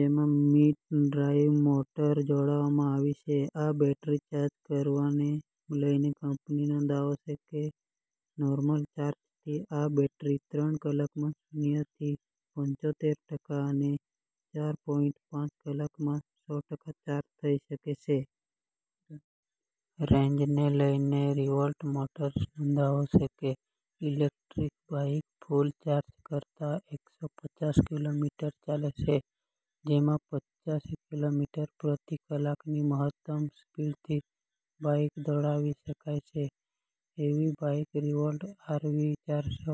જેમાં mid drive motor જોડવામાં આવી છે. આ બેટરી ચાર્જ કરવાને લઇને કંપનીનો દાવો છે કે નોર્મલ ચાર્જરથી આ બેટરી ત્રણ કલાકમાં શૂન્ય થી પંચોતેર ટકા અને ચાર પોઈંટ પાંચ કલાકમાં સો ટકા ચાર્જ થઇ શકે છે. રેન્જને લઇને રિવોલ્ટ મોટર્સનો દાવો છે કે, ઇલેકટ્રિક બાઇક ફૂલ ચાર્જ કરતાં એકસો પચાસ કિલોમીટર ચાલે છે. જેમાં પંચાસી કિલોમીટર પ્રતિ કલાકની મહત્તમ સ્પીડથી બાઇક દોડાવી શકાય છે. ઇવી બાઇક રિવોલ્ટ આરવી ચારસો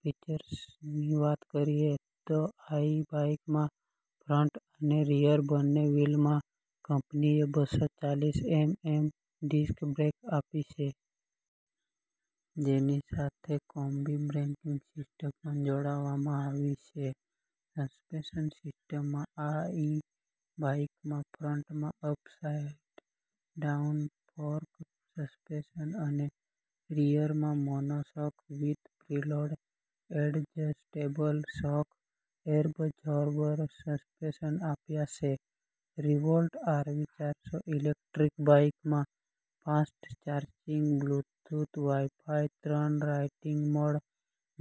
ફિચર્સની વાત કરીએ તો આ ઇ બાઇકમાં ફ્રંટ અને રિયર બંને વ્હિલમાં કંપનીએ બસો ચાલીસ એમએમ ડિસ્ક બ્રેક આપી છે. જેની સાથે કોમ્બી બ્રેકિંગ સિસ્ટમ પણ જોડવામાં આવી છે. સસ્પેન્શન સિસ્ટમમાં આ ઇ બાઇકમાં ફ્રંટમાં અપસાઇટ ડાઉન ફોર્ક સસ્પેન્શન અને રિયરમાં monoshock with preload adjustable shock absorber suspension આપ્યા છે. રિવોલ્ટ આરવી ચારસો ઇલેક્ટ્રિક બાઇકમાં ફાસ્ટ ચાર્જિંગ, બ્લૂટૂથ, વાઇફાઇ, ત્રણ riding mode,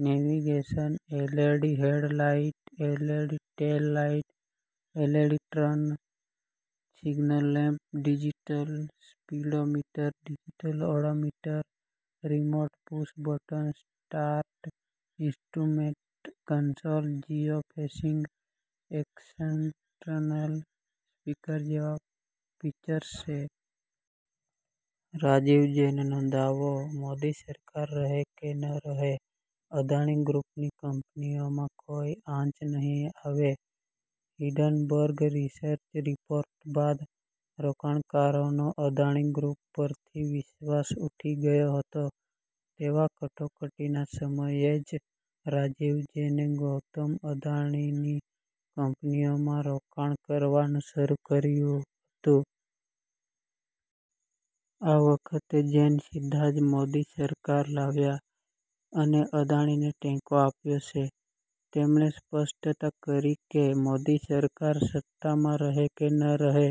navigation, LED head light, LED tail light, LED turn signal lamp, digital speedometer, digital odometer, remote, push button start, instrument console, geo fencing, external speaker જેવા features છે. રાજીવ જૈનનો દાવો- 'મોદી સરકાર રહે કે ન રહે, અદાણી ગ્રૂપની કંપનીઓને કોઇ આંચ નહીં આવે'. હિંડનબર્ગ રિસર્ચ રિપોર્ટ બાદ રોકાણકારોનો અદાણી ગ્રૂપ પરથી વિશ્વાસ ઉઠી ગયો હતો તેવા કટોકટીના સમયે જ રાજીવ જૈને ગૌતમ અદાણીની કંપનીઓમાં રોકાણ કરવાનું શરૂ કર્યું હતું. આ વખતે જૈન સીધા જ મોદી સરકાર લાવ્યા અને અદાણીને ટેકો આપ્યો છે. તેમણે સ્પષ્ટતા કરી કે, મોદી સરકાર સત્તામાં રહે કે ન રહે,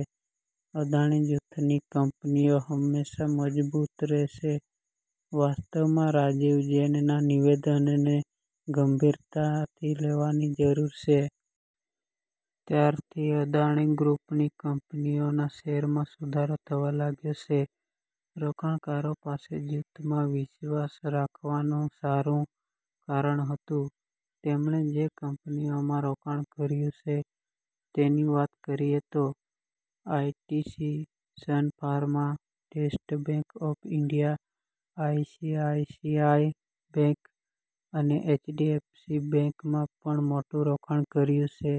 અદાણી જૂથની કંપનીઓ હંમેશા મજબૂત રહેશે. વાસ્તવમાં રાજીવ જૈનના નિવેદનને ગંભીરતાથી લેવાની જરૂર છે. ત્યારથી અદાણી ગ્રુપની કંપનીઓના શેરમાં સુધારો થવા લાગ્યો છે. રોકાણકારો પાસે જૂથમાં વિશ્વાસ રાખવાનું સારું કારણ હતું. તેમણે જે કંપનીઓમાં રોકાણ કર્યું છે તેની વાત કરીએ તો ITC, Sun Pharma, State Bank of India, ICICI Bank અને એચડીએફસી બેંકમાં પણ મોટું રોકાણ કર્યું છે.